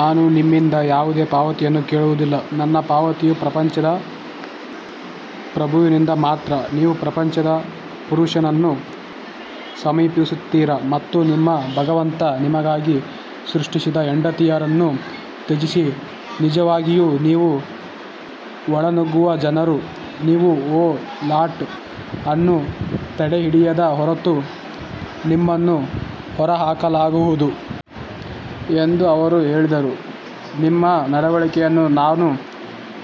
ನಾನು ನಿಮ್ಮಿಂದ ಯಾವುದೇ ಪಾವತಿಯನ್ನು ಕೇಳುವುದಿಲ್ಲ, ನನ್ನ ಪಾವತಿಯು ಪ್ರಪಂಚದ ಪ್ರಭುವಿನಿಂದ ಮಾತ್ರ ನೀವು ಪ್ರಪಂಚದ ಪುರುಷರನ್ನು ಸಮೀಪಿಸುತ್ತೀರಾ ಮತ್ತು ನಿಮ್ಮ ಭಗವಂತ ನಿಮಗಾಗಿ ಸೃಷ್ಟಿಸಿದ ಹೆಂಡತಿಯರನ್ನು ತ್ಯಜಿಸಿ, ನಿಜವಾಗಿಯೂ ನೀವು ಒಳನುಗ್ಗುವ ಜನರು ನೀವು ಓ ಲಾಟ್ ಅನ್ನು ತಡೆಹಿಡಿಯದ ಹೊರತು ನಿಮ್ಮನ್ನು ಹೊರಹಾಕಲಾಗುವುದು ಎಂದು ಅವರು ಹೇಳಿದರು ನಿಮ್ಮ ನಡವಳಿಕೆಯನ್ನು ನಾನು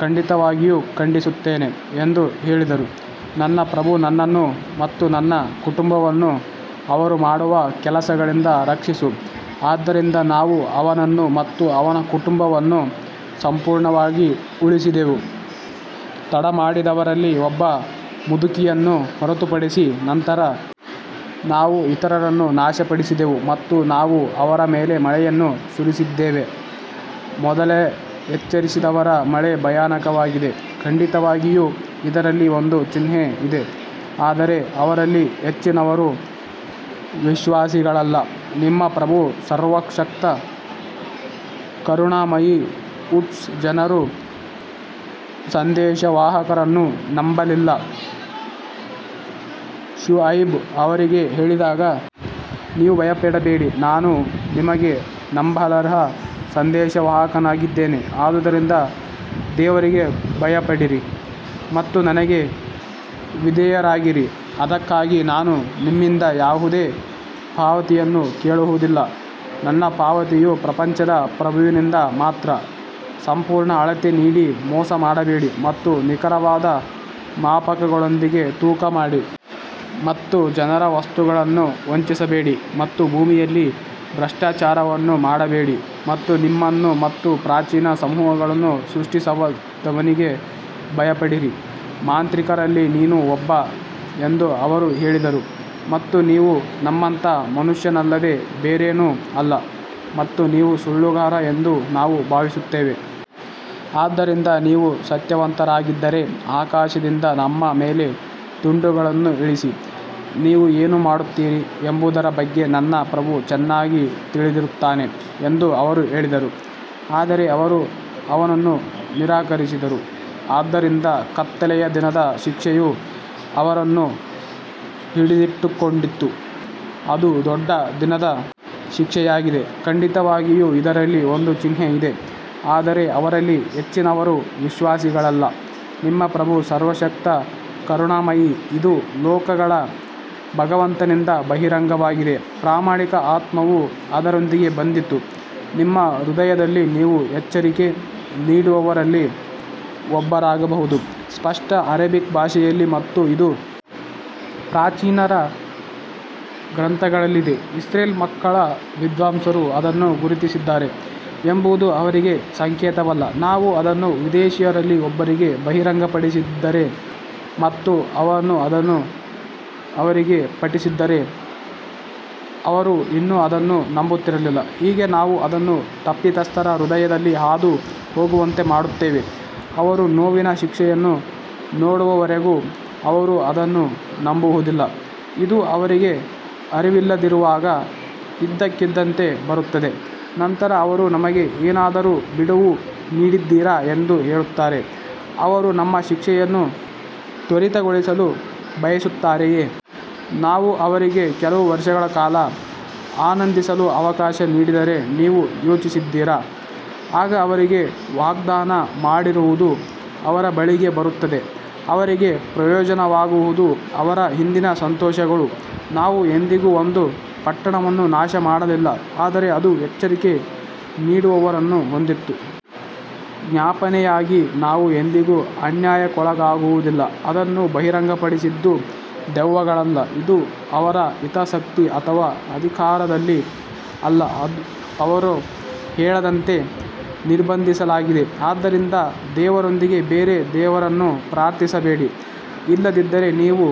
ಖಂಡಿತವಾಗಿಯೂ ಖಂಡಿಸುತ್ತೇನೆ ಎಂದು ಹೇಳಿದರು ನನ್ನ ಪ್ರಭು ನನ್ನನ್ನು ಮತ್ತು ನನ್ನ ಕುಟುಂಬವನ್ನು ಅವರು ಮಾಡುವ ಕೆಲಸಗಳಿಂದ ರಕ್ಷಿಸು ಆದ್ದರಿಂದ ನಾವು ಅವನನ್ನು ಮತ್ತು ಅವನ ಕುಟುಂಬವನ್ನು ಸಂಪೂರ್ಣವಾಗಿ ಉಳಿಸಿದೆವು ತಡಮಾಡಿದವರಲ್ಲಿ ಒಬ್ಬ ಮುದುಕಿಯನ್ನು ಹೊರತುಪಡಿಸಿ ನಂತರ ನಾವು ಇತರರನ್ನು ನಾಶಪಡಿಸಿದೆವು ಮತ್ತು ನಾವು ಅವರ ಮೇಲೆ ಮಳೆಯನ್ನು ಸುರಿಸಿದ್ದೇವೆ, ಮೊದಲೇ ಎಚ್ಚರಿಸಿದವರ ಮಳೆ ಭಯಾನಕವಾಗಿದೆ ಖಂಡಿತವಾಗಿಯೂ ಇದರಲ್ಲಿ ಒಂದು ಚಿಹ್ನೆ ಇದೆ ಆದರೆ ಅವರಲ್ಲಿ ಹೆಚ್ಚಿನವರು ವಿಶ್ವಾಸಿಗಳಲ್ಲ ನಿಮ್ಮ ಪ್ರಭು ಸರ್ವಶಕ್ತ ಕರುಣಾಮಯಿ ವುಡ್ಸ್ ಜನರು ಸಂದೇಶವಾಹಕರನ್ನು ನಂಬಲಿಲ್ಲ ಶುಐಬ್ ಅವರಿಗೆ ಹೇಳಿದಾಗ ನೀವು ಭಯಪಡಬೇಡಿ ನಾನು ನಿಮಗೆ ನಂಬಲರ್ಹ ಸಂದೇಶವಾಹಕನಾಗಿದ್ದೇನೆ ಆದುದರಿಂದ ದೇವರಿಗೆ ಭಯಪಡಿರಿ ಮತ್ತು ನನಗೆ ವಿಧೇಯರಾಗಿರಿ ಅದಕ್ಕಾಗಿ ನಾನು ನಿಮ್ಮಿಂದ ಯಾವುದೇ ಪಾವತಿಯನ್ನು ಕೇಳುವುದಿಲ್ಲ, ನನ್ನ ಪಾವತಿಯು ಪ್ರಪಂಚದ ಪ್ರಭುವಿನಿಂದ ಮಾತ್ರ ಸಂಪೂರ್ಣ ಅಳತೆ ನೀಡಿ ಮೋಸ ಮಾಡಬೇಡಿ ಮತ್ತು ನಿಖರವಾದ ಮಾಪಕಗಳೊಂದಿಗೆ ತೂಕ ಮಾಡಿ ಮತ್ತು ಜನರ ವಸ್ತುಗಳನ್ನು ವಂಚಿಸಬೇಡಿ ಮತ್ತು ಭೂಮಿಯಲ್ಲಿ ಭ್ರಷ್ಟಾಚಾರವನ್ನು ಮಾಡಬೇಡಿ ಮತ್ತು ನಿಮ್ಮನ್ನು ಮತ್ತು ಪ್ರಾಚೀನ ಸಮೂಹಗಳನ್ನು ಸೃಷ್ಟಿಸಿದವನಿಗೆ ಭಯಪಡಿರಿ ಮಾಂತ್ರಿಕರಲ್ಲಿ ನೀನೂ ಒಬ್ಬ ಎಂದು ಅವರು ಹೇಳಿದರು ಮತ್ತು ನೀವು ನಮ್ಮಂತಹ ಮನುಷ್ಯನಲ್ಲದೆ ಬೇರೇನೂ ಅಲ್ಲ ಮತ್ತು ನೀವು ಸುಳ್ಳುಗಾರ ಎಂದು ನಾವು ಭಾವಿಸುತ್ತೇವೆ ಆದ್ದರಿಂದ ನೀವು ಸತ್ಯವಂತರಾಗಿದ್ದರೆ ಆಕಾಶದಿಂದ ನಮ್ಮ ಮೇಲೆ ತುಂಡುಗಳನ್ನು ಇಳಿಸಿ ನೀವು ಏನು ಮಾಡುತ್ತೀರಿ ಎಂಬುದರ ಬಗ್ಗೆ ನನ್ನ ಪ್ರಭು ಚೆನ್ನಾಗಿ ತಿಳಿದಿರುತ್ತಾನೆ ಎಂದು ಅವರು ಹೇಳಿದರು ಆದರೆ ಅವರು ಅವನನ್ನು ನಿರಾಕರಿಸಿದರು ಆದ್ದರಿಂದ ಕತ್ತಲೆಯ ದಿನದ ಶಿಕ್ಷೆಯು ಅವರನ್ನು ಹಿಡಿದಿಟ್ಟುಕೊಂಡಿತು, ಅದು ದೊಡ್ಡ ದಿನದ ಶಿಕ್ಷೆಯಾಗಿದೆ ಖಂಡಿತವಾಗಿಯೂ ಇದರಲ್ಲಿ ಒಂದು ಚಿಹ್ನೆ ಇದೆ ಆದರೆ ಅವರಲ್ಲಿ ಹೆಚ್ಚಿನವರು ವಿಶ್ವಾಸಿಗಳಲ್ಲ ನಿಮ್ಮ ಪ್ರಭು ಸರ್ವಶಕ್ತ ಕರುಣಾಮಯಿ ಇದು ಲೋಕಗಳ ಭಗವಂತನಿಂದ ಬಹಿರಂಗವಾಗಿದೆ ಪ್ರಾಮಾಣಿಕ ಆತ್ಮವು ಅದರೊಂದಿಗೆ ಬಂದಿತು ನಿಮ್ಮ ಹೃದಯದಲ್ಲಿ ನೀವು ಎಚ್ಚರಿಕೆ ನೀಡುವವರಲ್ಲಿ ಒಬ್ಬರಾಗಬಹುದು ಸ್ಪಷ್ಟ ಅರೇಬಿಕ್ ಭಾಷೆಯಲ್ಲಿ ಮತ್ತು ಇದು ಪ್ರಾಚೀನರ ಗ್ರಂಥಗಳಲ್ಲಿದೆ ಇಸ್ರೇಲ್ ಮಕ್ಕಳ ವಿದ್ವಾಂಸರು ಅದನ್ನು ಗುರುತಿಸಿದ್ದಾರೆ ಎಂಬುದು ಅವರಿಗೆ ಸಂಕೇತವಲ್ಲ ನಾವು ಅದನ್ನು ವಿದೇಶಿಯರಲ್ಲಿ ಒಬ್ಬರಿಗೆ ಬಹಿರಂಗಪಡಿಸಿದ್ದರೆ ಮತ್ತು ಅವನು ಅದನ್ನು ಅವರಿಗೆ ಪಠಿಸಿದನು, ಅವರು ಇನ್ನೂ ಅದನ್ನು ನಂಬುತ್ತಿರಲಿಲ್ಲ ಹೀಗೆ ನಾವು ಅದನ್ನು ತಪ್ಪಿತಸ್ಥರ ಹೃದಯದಲ್ಲಿ ಹಾದು ಹೋಗುವಂತೆ ಮಾಡುತ್ತೇವೆ ಅವರು ನೋವಿನ ಶಿಕ್ಷೆಯನ್ನು ನೋಡುವವರೆಗೂ ಅವರು ಅದನ್ನು ನಂಬುವುದಿಲ್ಲ ಇದು ಅವರಿಗೆ ಅರಿವಿಲ್ಲದಿರುವಾಗ ಇದ್ದಕ್ಕಿದ್ದಂತೆ ಬರುತ್ತದೆ ನಂತರ ಅವರು ನಮಗೆ ಏನಾದರೂ ಬಿಡುವು ನೀಡಿದ್ದೀರಾ ಎಂದು ಹೇಳುತ್ತಾರೆ ಅವರು ನಮ್ಮ ಶಿಕ್ಷೆಯನ್ನು ತ್ವರಿತಗೊಳಿಸಲು ಬಯಸುತ್ತಾರೆಯೇ? ನಾವು ಅವರಿಗೆ ಕೆಲವು ವರ್ಷಗಳ ಕಾಲ ಆನಂದಿಸಲು ಅವಕಾಶ ನೀಡಿದರೆ ನೀವು ಯೋಚಿಸಿದ್ದೀರಾ? ಆಗ ಅವರಿಗೆ ವಾಗ್ದಾನ ಮಾಡಿರುವುದು ಅವರ ಬಳಿಗೆ ಬರುತ್ತದೆ ಅವರಿಗೆ ಪ್ರಯೋಜನವಾಗುವುದು ಅವರ ಹಿಂದಿನ ಸಂತೋಷಗಳು ನಾವು ಎಂದಿಗೂ ಒಂದು ಪಟ್ಟಣವನ್ನು ನಾಶ ಮಾಡಲಿಲ್ಲ ಆದರೆ ಅದು ಎಚ್ಚರಿಕೆ ನೀಡುವವರನ್ನು ಹೊಂದಿತ್ತು ಜ್ಞಾಪನೆಯಾಗಿ ನಾವು ಎಂದಿಗೂ ಅನ್ಯಾಯಕ್ಕೊಳಗಾಗುವುದಿಲ್ಲ ಅದನ್ನು ಬಹಿರಂಗಪಡಿಸಿದ್ದು ದೆವ್ವಗಳಲ್ಲ ಇದು ಅವರ ಹಿತಾಸಕ್ತಿ ಅಥವಾ ಅಧಿಕಾರದಲ್ಲಿ ಅಲ್ಲ ಅವರು ಕೇಳದಂತೆ ನಿರ್ಬಂಧಿಸಲಾಗಿದೆ ಆದ್ದರಿಂದ ದೇವರೊಂದಿಗೆ ಬೇರೆ ದೇವರನ್ನು ಪ್ರಾರ್ಥಿಸಬೇಡಿ, ಇಲ್ಲದಿದ್ದರೆ ನೀವು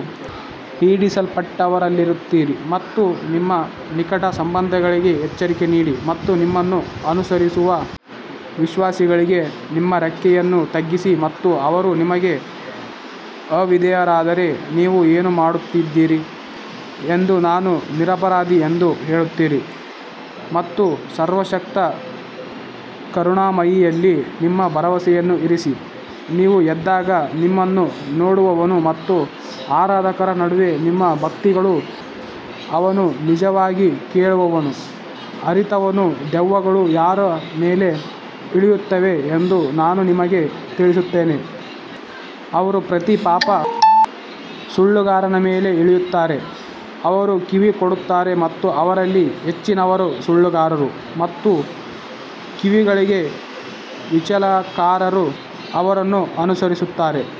ಪೀಡಿಸಲ್ಪಟ್ಟವರಲ್ಲಿರುತ್ತೀರಿ ಮತ್ತು ನಿಮ್ಮ ನಿಕಟ ಸಂಬಂಧಿಗಳಿಗೆ ಎಚ್ಚರಿಕೆ ನೀಡಿ ಮತ್ತು ನಿಮ್ಮನ್ನು ಅನುಸರಿಸುವ ವಿಶ್ವಾಸಿಗಳಿಗೆ ನಿಮ್ಮ ರೆಕ್ಕೆಯನ್ನು ತಗ್ಗಿಸಿ ಮತ್ತು ಅವರು ನಿಮಗೆ ಅವಿಧೇಯರಾದರೆ, ನೀವು ಏನು ಮಾಡುತ್ತಿದ್ದೀರಿ ಎಂದು ನಾನು ನಿರಪರಾಧಿ ಎಂದು ಹೇಳುತ್ತೀರಿ ಮತ್ತು ಸರ್ವಶಕ್ತ ಕರುಣಾಮಯಿಯಲ್ಲಿ ನಿಮ್ಮ ಭರವಸೆಯನ್ನು ಇರಿಸಿ ನೀವು ಎದ್ದಾಗ ನಿಮ್ಮನ್ನು ನೋಡುವವನು ಮತ್ತು ಆರಾಧಕರ ನಡುವೆ ನಿಮ್ಮ ಭಕ್ತಿಗಳು ಅವನು ನಿಜವಾಗಿ ಕೇಳುವವನು ಅರಿತವನು ದೆವ್ವಗಳು ಯಾರ ಮೇಲೆ ಇಳಿಯುತ್ತವೆ ಎಂದು ನಾನು ನಿಮಗೆ ತಿಳಿಸುತ್ತೇನೆ ಅವರು ಪ್ರತಿ ಪಾಪ ಸುಳ್ಳುಗಾರನ ಮೇಲೆ ಇಳಿಯುತ್ತಾರೆ ಅವರು ಕಿವಿ ಕೊಡುತ್ತಾರೆ ಮತ್ತು ಅವರಲ್ಲಿ ಹೆಚ್ಚಿನವರು ಸುಳ್ಳುಗಾರರು ಮತ್ತು ಕವಿಗಳಿಗೆ ವಿಚಲನಕಾರರು ಅವರನ್ನು ಅನುಸರಿಸುತ್ತಾರೆ.